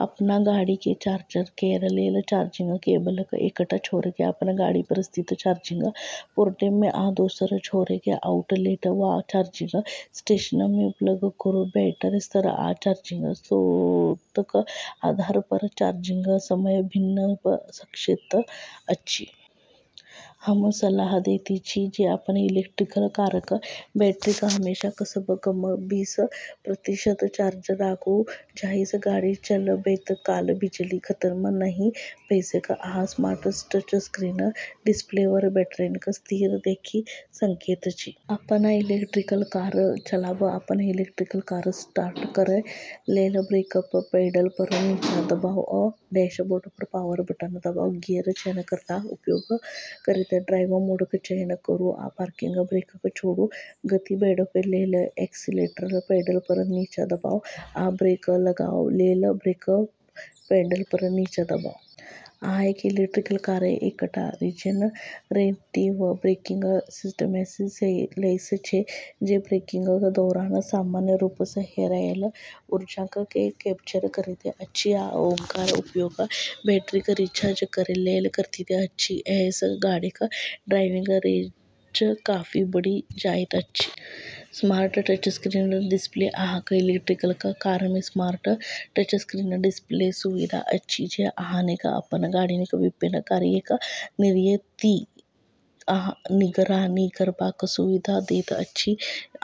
अपन गाड़ीकेँ चार्ज करै लेल चार्जिंग केबलक एकटा छोरकेँ अपन गाड़ीपर स्थित चार्जिंग पोर्टमे आ दोसर छोरकेँ आउटलेट वा चार्जिंग स्टेशनमे प्लग करू। बैटरी स्तर आ चार्जिंग स्रोतक आधारपर चार्जिंगक समय भिन्न भऽ सकैत अछि। हम सलाह दैत छी जे अपन इलेक्ट्रिक कारक बैटरीकेँ हमेशा कमसँ कम बीस प्रतिशत चार्ज राखू, जाहिसँ गाड़ी चलबैत काल बिजली खतम नहि भऽ सकै। अहाँ स्मार्ट टचस्क्रीन डिस्प्लेपर बैटरीक स्तर देखि सकैत छी। अपन इलेक्ट्रिक कार चलाबब अपन इलेक्ट्रिक कार स्टार्ट करै लेल ब्रेकक पैडलपर नीचा दबाउ आ डैशबोर्डपर पावर बटन दबाउ। गियर चयनकर्ताक उपयोग करैत ड्राइव मोडक चयन करू आ पार्किंग ब्रेककेँ छोड़ू। गति बढ़ाबै लेल एक्सीलेटरक पैडलपर नीचा दबाउ, आ ब्रेक लगाबै लेल ब्रेकक पैडलपर नीचा दबाउ। अहाँक इलेक्ट्रिक कार एकटा रिजनरेटिव ब्रेकिंग सिस्टमसँ लैस छै, जे ब्रेकिंगक दौरान सामान्य रूपसँ हेराएल ऊर्जाकेँ कैप्चर करैत अछि आ ओकर उपयोग बैटरीकेँ रिचार्ज करै लेल करैत अछि। एहिसँ गाड़ीक ड्राइविंग रेंज काफी बढ़ि जाइत अछि। स्मार्ट टचस्क्रीन डिस्प्ले अहाँक इलेक्ट्रिक कारमे स्मार्ट टचस्क्रीन डिस्प्लेक सुविधा अछि जे अहाँकेँ अपन गाड़ीक विभिन्न कार्यकेँ नियंत्रित आ निगरानी करबाक सुविधा दैत अछि।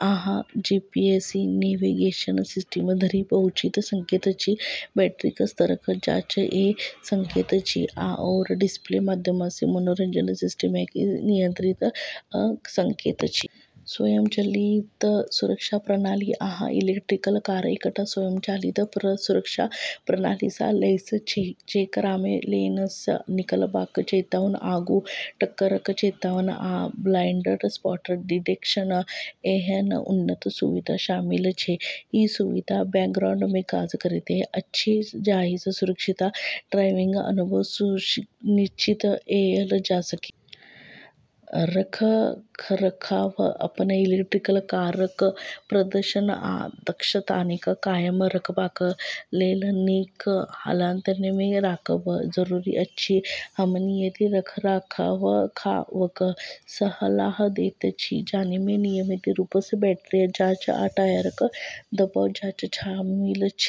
अहाँ जीपीएस नेविगेशन सिस्टम धरि पहुँचि सकैत छी, बैटरीक स्तरक जाँच कऽ सकैत छी, आओर डिस्प्लेक माध्यमसँ मनोरंजन सिस्टमकेँ नियंत्रित कऽ सकैत छी। स्वचालित सुरक्षा प्रणाली अहाँक इलेक्ट्रिक कार एकटा स्वचालित सुरक्षा प्रणालीसँ लैस छै जेकरामे लेनसँ निकलबाक चेतावनी, आगूँ टक्करक चेतावनी, आ ब्लाइंड स्पॉट डिटेक्शन एहन उन्नत सुविधा शामिल छै। ई सुविधा बैकग्राउंडमे काज करैत अछि जाहिसँ सुरक्षित ड्राइविंग अनुभव सुनिश्चित कएल जा सकै। रखरखाव अपन इलेक्ट्रिक कारक प्रदर्शन आ दक्षताकेँ कायम रखबाक लेल नीक हालतमे राखब जरूरी अछि। हम नियमित रखरखावक सलाह दैत छी, जाहिमे नियमित रूपसँ बैटरी जाँच आ टायरक दबाव जाँच शामिल छै।